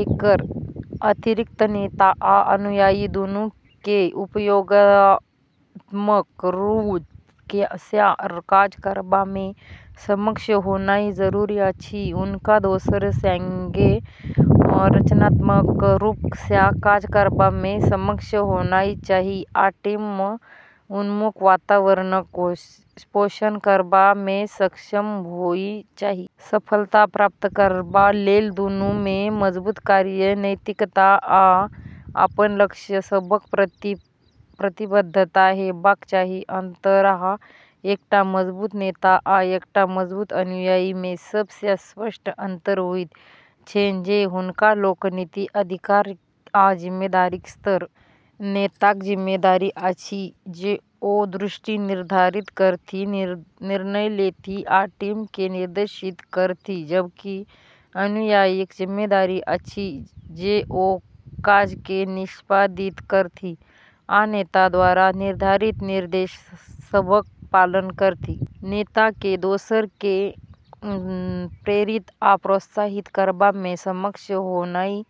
एकर अतिरिक्त नेता आ अनुयायी दुनू केँ सहयोगात्मक रूप सँ काज करबा मे सक्षम होनाइ जरूरी अछि। हुनका दोसर सँगे रचनात्मक रूप सँ काज करबा मे सक्षम होनाइ चाही आ टीम उन्मुख वातावरणक पोषण करबा मे सक्षम होनाइ चाही। सफलता प्राप्त करबा लेल दुनू मे मजबूत कार्य नैतिकता आ अपन लक्ष्य सभक प्रति प्रतिबद्धता हेबाक चाही। अंतर: एकटा मजबूत नेता आ एकटा मजबूत अनुयायी मे सब सँ स्पष्ट अंतर होइत छैन जे हुनका लोकनिक अधिकार आ जिम्मेदारीक स्तर। नेताक जिम्मेदारी अछि जे ओ दृष्टि निर्धारित करथि, निर्णय लेथि, आ टीम केँ निर्देशित करथि, जबकि अनुयायीक जिम्मेदारी अछि जे ओ काज केँ निष्पादित करथि आ नेता द्वारा निर्धारित निर्देश सभक पालन करथि। नेता केँ दोसर केँ प्रेरित आ प्रोत्साहित करबा मे सक्षम होनाइ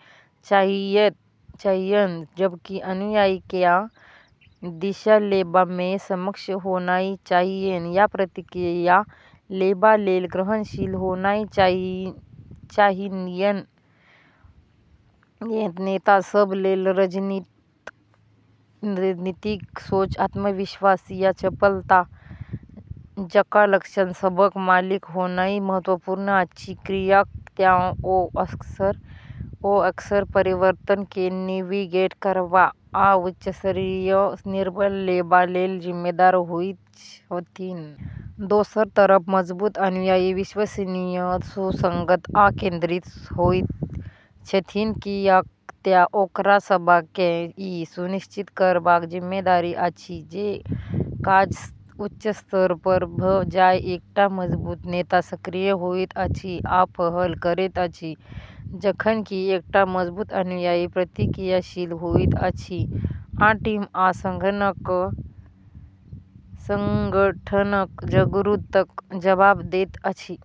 चाहियैन, जबकि अनुयायी केँ दिशा लेबा मे सक्षम होनाइ चाहियैन आ प्रतिक्रिया लेबा लेल ग्रहणशील होनाइ चाहियैन। नेता सभ लेल रणनीतिक सोच, आत्मविश्वास, आ चपलता जकाँ लक्षण सभक मालिक होनाइ महत्वपूर्ण अछि, कियाक तँ ओ अक्सर परिवर्तन केँ नेविगेट करबा आ उच्च स्तरीय निर्णय लेबा लेल जिम्मेदार होइत छथिन। दोसर तरफ मजबूत अनुयायी विश्वसनीय, सुसंगत, आ केंद्रित होइत छथिन, कियाक तँ ओकरा सभ केँ ई सुनिश्चित करबाक जिम्मेदारी अछि जे काज उच्च स्तर पर भऽ जाए। एकटा मजबूत नेता सक्रिय होइत अछि आ पहल करैत अछि, जखन कि एकटा मजबूत अनुयायी प्रतिक्रियाशील होइत अछि आ टीम आ संगठनक जरूरतक जवाब दैत अछि।